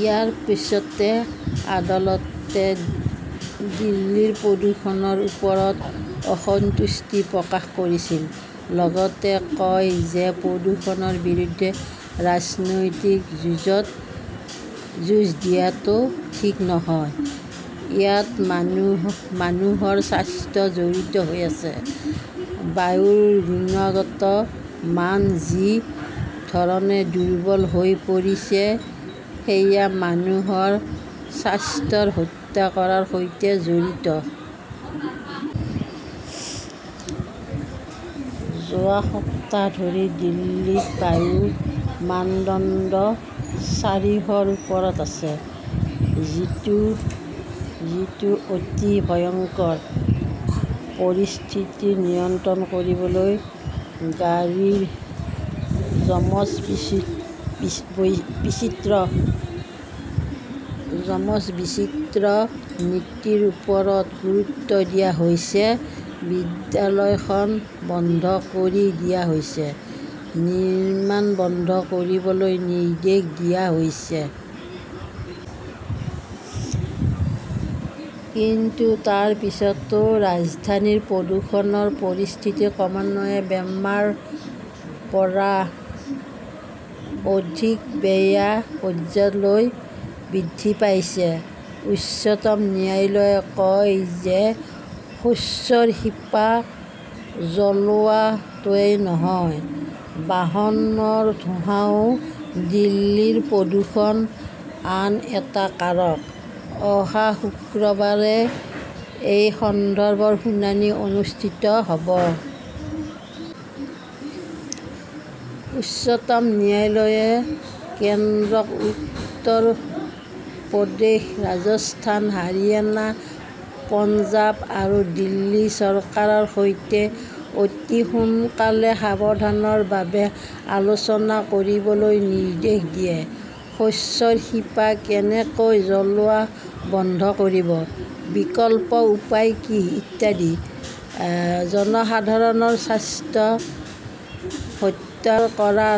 ইয়াৰ পিছতে আদালতে দিল্লীৰ প্ৰদূষণৰ ওপৰত অসন্তুষ্টি প্ৰকাশ কৰিছিল। লগতে কয় যে প্ৰদূষণৰ বিৰুদ্ধে ৰাজনৈতিক যুঁজ দিয়াটো ঠিক নহয়। ইয়াত মানুহৰ স্বাস্থ্য জড়িত হৈ আছে। বায়ুৰ গুণগত মান যি ধৰণে দুৰ্বল হৈ পৰিছে সেয়া মানুহৰ স্বাস্থ্যক হত্যা কৰাৰ সৈতে জড়িত। যোৱা এসপ্তাহ ধৰি দিল্লীত বায়ুৰ মানদণ্ড চাৰিশৰ ওপৰত আছে। যিটো অতি ভয়ংকৰ। পৰিস্থিতি নিয়ন্ত্ৰণ কৰিবলৈ গাড়ীৰ যমজ-বিচিত্ৰ নীতিৰ ওপৰত গুৰুত্ব দিয়া হৈছে। বিদ্যালয়খন বন্ধ কৰি দিয়া হৈছে। নিৰ্মাণ বন্ধ কৰিবলৈ নিৰ্দেশ দিয়া হৈছে। কিন্তু তাৰ পিছতো ৰাজধানীৰ প্ৰদূষণৰ পৰিস্থিতি ক্ৰমান্বয়ে বেয়াৰ পৰা অধিক বেয়া পৰ্যায়লৈ বৃদ্ধি পাইছে। উচ্চতম ন্যায়ালয়ে কয় যে শস্যৰ শিপা জ্বলোৱাটোৱেই নহয়, বাহনৰ ধোঁৱাও দিল্লীৰ প্ৰদূষণৰ আন এটা কাৰক। অহা শুক্ৰবাৰে এই সন্দৰ্ভত শুনানি অনুষ্ঠিত হʼব। উচ্চতম ন্যায়ালয়ে কেন্দ্ৰক উত্তৰ প্ৰদেশ, ৰাজস্থান, হাৰিয়ানা, পঞ্জাৱ আৰু দিল্লী চৰকাৰৰ সৈতে অতি সোনকালে সমাধানৰ বাবে আলোচনা কৰিবলৈ নিৰ্দেশ দিয়ে। শস্যৰ শিপা কেনেকৈ জ্বলোৱা বন্ধ কৰিব, বিকল্প উপায় কি ইত্যাদি। জনসাধাৰণৰ স্বাস্থ্য হত্যা কৰা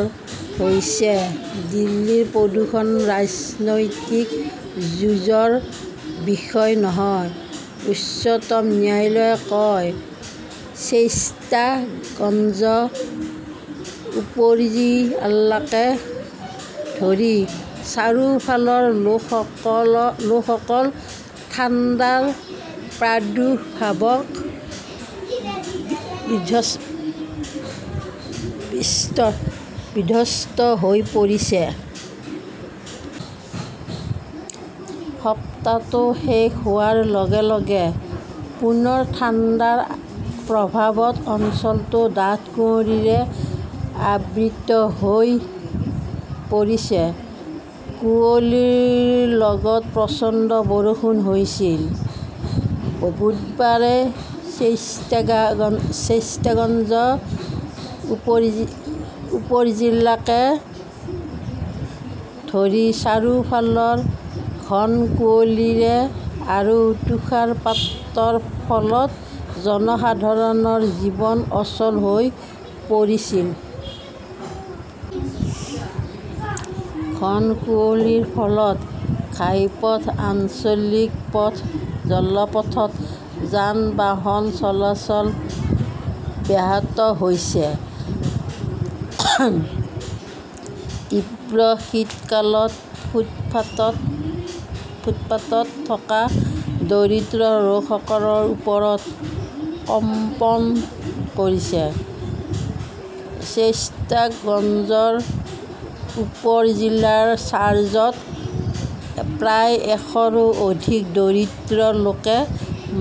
হৈছে, দিল্লীৰ প্ৰদূষণ ৰাজনৈতিক যুঁজৰ বিষয় নহয়, উচ্চতম ন্যায়ালয়ে কয় শ্বেইস্তাগঞ্জ উপজিল্লাকে ধৰি চাৰিওফালৰ লোকসকল ঠাণ্ডাৰ প্ৰাদুৰ্ভাৱত বিধ্বস্ত হৈ পৰিছে। সপ্তাহটো শেষ হোৱাৰ লগে লগে পুনৰ ঠাণ্ডাৰ প্ৰভাৱত অঞ্চলটো ডাঠ কুঁৱলীৰে আবৃত হৈ পৰিছে। কুঁৱলীৰ লগত প্ৰচণ্ড বৰষুণ হৈছিল। বুধবাৰে শ্বেইস্তাগঞ্জ উপজিল্লাকে ধৰি চাৰিওফালৰ ঘন কুঁৱলী আৰু তুষাৰপাতৰ ফলত জনসাধাৰণৰ জীৱন অচল হৈ পৰিছিল। ঘন কুঁৱলীৰ ফলত ঘাইপথ, আঞ্চলিক পথ, জলপথত যান-বাহন চলাচল ব্যাহত হৈছে। তীব্ৰ শীতকালত ফুটপাতত থকা দৰিদ্ৰ লোকসকলৰ ওপৰত কম্পন পৰিছে। শ্বেইস্তাগঞ্জ উপ-জিলাৰ চাৰ্জত প্ৰায় এশৰো অধিক দৰিদ্ৰ লোকে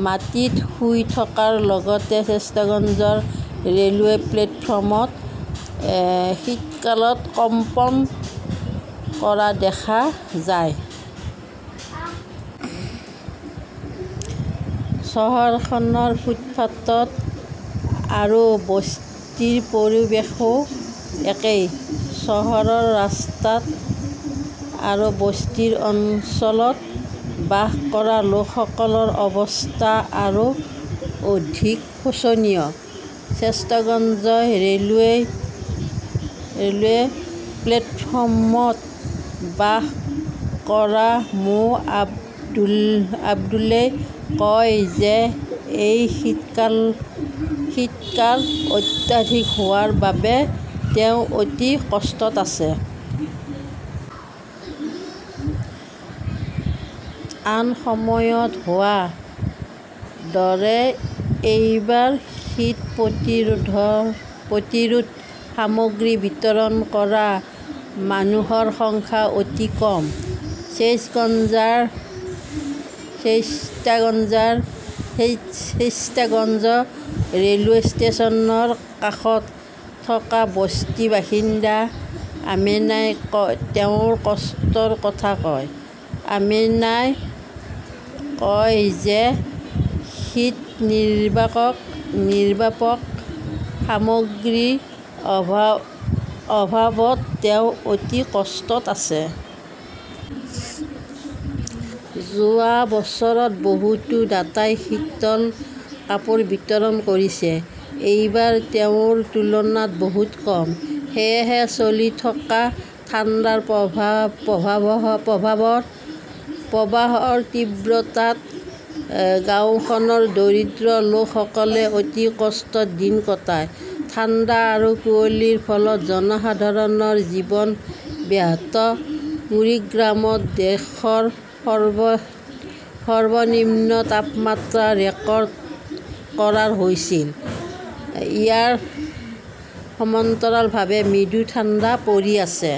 মাটিত শুই থকাৰ লগতে শ্বেইস্তাগঞ্জ ৰেʼলৱে প্লেটফৰ্মত শীতকালত কম্পন কৰা দেখা যায়। চহৰখনৰ ফুটপাত আৰু বস্তিৰ পৰিৱেশও একেই। চহৰৰ ৰাস্তাত আৰু বস্তি অঞ্চলত বাস কৰা লোকসকলৰ অৱস্থা আৰু অধিক শোচনীয়। শ্বেইস্তাগঞ্জ ৰেʼলৱে প্লেটফৰ্মত বাস কৰা মো. আব্দুলই কয় যে এই শীতকাল অত্যাধিক হোৱাৰ বাবে তেওঁ অতি কষ্টত আছে। আন সময়ত হোৱাৰ দৰে এইবাৰ শীত-প্ৰতিৰোধ সামগ্ৰী বিতৰণ কৰা মানুহৰ সংখ্যা অতি কম। শ্বেইস্তাগঞ্জ ৰেʼলৱে ষ্টেচনৰ কাষত থকা বস্তি বাসিন্দা আমেনাই তেওঁৰ কষ্টৰ কথা কয়। আমেনাই কয় যে শীতনিৰ্বাপক সামগ্ৰীৰ অভাৱত তেওঁ অতি কষ্টত আছে। যোৱা বছৰত বহুতো দাতাই শীতল কাপোৰ বিতৰণ কৰিছে। এইবাৰ তেওঁৰ তুলনাত বহুত কম। সেয়েহে চলি থকা ঠাণ্ডা প্ৰবাহৰ তীব্ৰতাত গাওঁখনৰ দৰিদ্ৰ লোকসকলে অতি কষ্টত দিন কটায়। ঠাণ্ডা আৰু কুঁৱলীৰ ফলত জনসাধাৰণৰ জীৱন ব্যাহত কুৰিগ্ৰামত দেশৰ সৰ্বনিম্ন তাপমাত্ৰা ৰেকৰ্ড কৰা হৈছিল। ইয়াৰ সমান্তৰালভাৱে মৃদু ঠাণ্ডা পৰি আছে।